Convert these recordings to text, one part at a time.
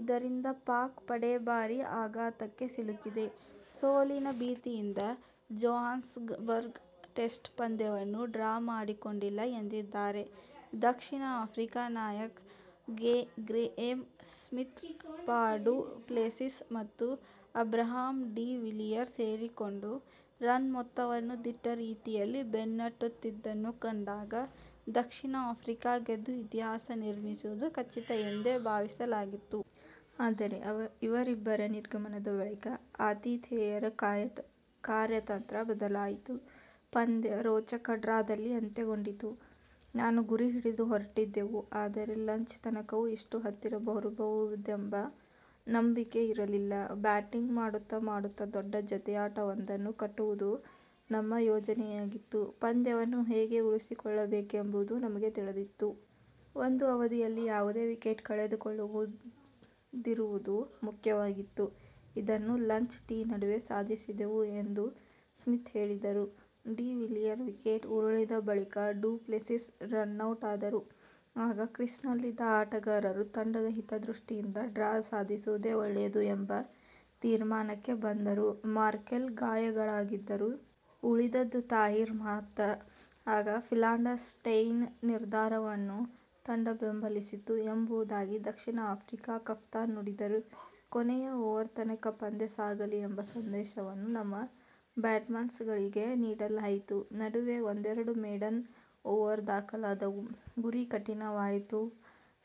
ಇದರಿಂದ ಪಾಕ್ ಪಡೆ ಭಾರೀ ಆಘಾತಕ್ಕೆ ಸಿಲುಕಿದೆ. ಸೋಲಿನ ಭೀತಿಯಿಂದ ಜೊಹಾನ್ಸ್ಬರ್ಗ್ ಟೆಸ್ಟ್ ಪಂದ್ಯವನ್ನು ಡ್ರಾ ಮಾಡಿಕೊಂಡಿಲ್ಲ ಎಂದಿದ್ದಾರೆ ದಕ್ಷಿಣ ಆಫ್ರಿಕಾ ನಾಯಕ Graeme Smith. Faf du Plessis ಮತ್ತು ಅಬ್ರಹಾಂ ಡಿ''''ವಿಲಿಯರ್ ಸೇರಿಕೊಂಡು ರನ್ ಮೊತ್ತವನ್ನು ದಿಟ್ಟ ರೀತಿಯಲ್ಲಿ ಬೆನ್ನಟ್ಟುತ್ತಿದ್ದುದನ್ನು ಕಂಡಾಗ ದಕ್ಷಿಣ ಆಫ್ರಿಕಾ ಗೆದ್ದು ಇತಿಹಾಸ ನಿರ್ಮಿಸುವುದು ಖಚಿತ ಎಂದೇ ಭಾವಿಸಲಾಗಿತ್ತು. ಆದರೆ ಇವರಿಬ್ಬರ ನಿರ್ಗಮನದ ಬಳಿಕ ಆತಿಥೇಯರ ಕಾರ್ಯತಂತ್ರ ಬದಲಾಯಿತು. ಪಂದ್ಯ ರೋಚಕ ಡ್ರಾದಲ್ಲಿ ಅಂತ್ಯಗೊಂಡಿತು. ''''ನಾನು ಗುರಿ ಹಿಡಿದು ಹೊರಟಿದ್ದೆವು. ಆದರೆ ಲಂಚ್ ತನಕವೂ ಇಷ್ಟು ಹತ್ತಿರ ಬರಬಹುದೆಂಬ ನಂಬಿಕೆ ಇರಲಿಲ್ಲ. ಬ್ಯಾಟಿಂಗ್ ಮಾಡುತ್ತ ಮಾಡುತ್ತ ದೊಡ್ಡ ಜತೆಯಾಟವೊಂದನ್ನು ಕಟ್ಟುವುದು ನಮ್ಮ ಯೋಜನೆಯಾಗಿತ್ತು. ಪಂದ್ಯವನ್ನು ಹೇಗೆ ಉಳಿಸಿಕೊಳ್ಳಬೇಕೆಂಬುದು ನಮಗೆ ತಿಳಿದಿತ್ತು. ಒಂದು ಅವಧಿಯಲ್ಲಿ ಯಾವುದೇ ವಿಕೆಟ್ ಕಳೆದುಕೊಳ್ಳದಿರುವುದು ಮುಖ್ಯವಾಗಿತ್ತು. ಇದನ್ನು ಲಂಚ್-ಟೀ ನಡುವೆ ಸಾಧಿಸಿದೆವು'' ಎಂದು ಸ್ಮಿತ್ ಹೇಳಿದರು. ''''ಡಿ''ವಿಲಿಯರ್ ವಿಕೆಟ್ ಉರುಳಿದ ಬಳಿಕ ಡು ಪ್ಲೆಸಿಸ್ ರನೌಟಾದರು. ಆಗ ಕ್ರೀಸ್ನಲ್ಲಿದ್ದ ಆಟಗಾರರು ತಂಡದ ಹಿತದೃಷ್ಟಿಯಿಂದ ಡ್ರಾ ಸಾಧಿಸುವುದೇ ಒಳ್ಳೆಯದು ಎಂಬ ತೀರ್ಮಾನಕ್ಕೆ ಬಂದರು. ಮಾರ್ಕೆಲ್ ಗಾಯಾಳಾಗಿದ್ದರು. ಉಳಿದದ್ದು ತಾಹಿರ್ ಮಾತ್ರ. ಆಗ ಫಿಲಾಂಡರ್-ಸ್ಟೇಯ್ನ ನಿರ್ಧಾರವನ್ನು ತಂಡ ಬೆಂಬಲಿಸಿತು'' ಎಂಬುದಾಗಿ ದಕ್ಷಿಣ ಆಫ್ರಿಕಾ ಕಪ್ತಾನ ನುಡಿದರು. ''''ಕೊನೆಯ ಓವರ್ ತನಕ ಪಂದ್ಯ ಸಾಗಲಿ ಎಂಬ ಸಂದೇಶವನ್ನು ನಮ್ಮ ಬ್ಯಾಟ್ಸ್ಮನ್ಗಳಿಗೆ ನೀಡಲಾಯಿತು. ನಡುವೆ ಒಂದೆರಡು ಮೇಡನ್ ಓವರ್ ದಾಖಲಾದವು. ಗುರಿ ಕಠಿನವಾಯಿತು.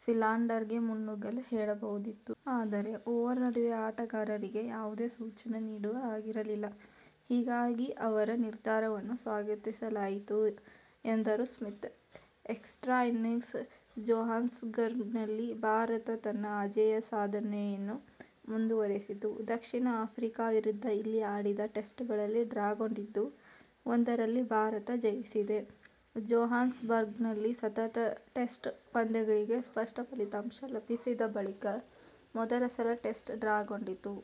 ಫಿಲಾಂಡರ್ಗೆ ಮುನ್ನುಗ್ಗಲು ಹೇಳಬಹುದಿತ್ತು. ಆದರೆ ಓವರ್ ನಡುವೆ ಆಟಗಾರರಿಗೆ ಯಾವುದೇ ಸೂಚನೆ ನೀಡುವ ಹಾಗಿರಲಿಲ್ಲ. ಹೀಗಾಗಿ ಅವರ ನಿರ್ಧಾರವನ್ನು ಸ್ವಾಗತಿಸಲಾಯಿತು'' ಎಂದರು ಸ್ಮಿತ್. ಎಕ್ಸ್ಟ್ರಾ ಇನ್ನಿಂಗ್ಸ್ ಜೊಹಾನ್ಸ್ಬರ್ಗ್ನಲ್ಲಿ ಭಾರತ ತನ್ನ ಅಜೇಯ ಸಾಧನೆಯನ್ನು ಮುಂದುವರಿಸಿತು. ದಕ್ಷಿಣ ಆಫ್ರಿಕಾ ವಿರುದ್ಧ ಇಲ್ಲಿ ಆಡಿದ ಟೆಸ್ಟ್ಗಳಲ್ಲಿ ಡ್ರಾಗೊಂಡಿದ್ದು, ಒಂದರಲ್ಲಿ ಭಾರತ ಜಯಿಸಿದೆ. ಜೊಹಾನ್ಸ್ಬರ್ಗ್ನಲ್ಲಿ ಸತತ ಟೆಸ್ಟ್ ಪಂದ್ಯಗಳಿಗೆ ಸ್ಪಷ್ಟ ಫಲಿತಾಂಶ ಲಭಿಸಿದ ಬಳಿಕ ಮೊದಲ ಸಲ ಟೆಸ್ಟ್ ಡ್ರಾಗೊಂಡಿತು.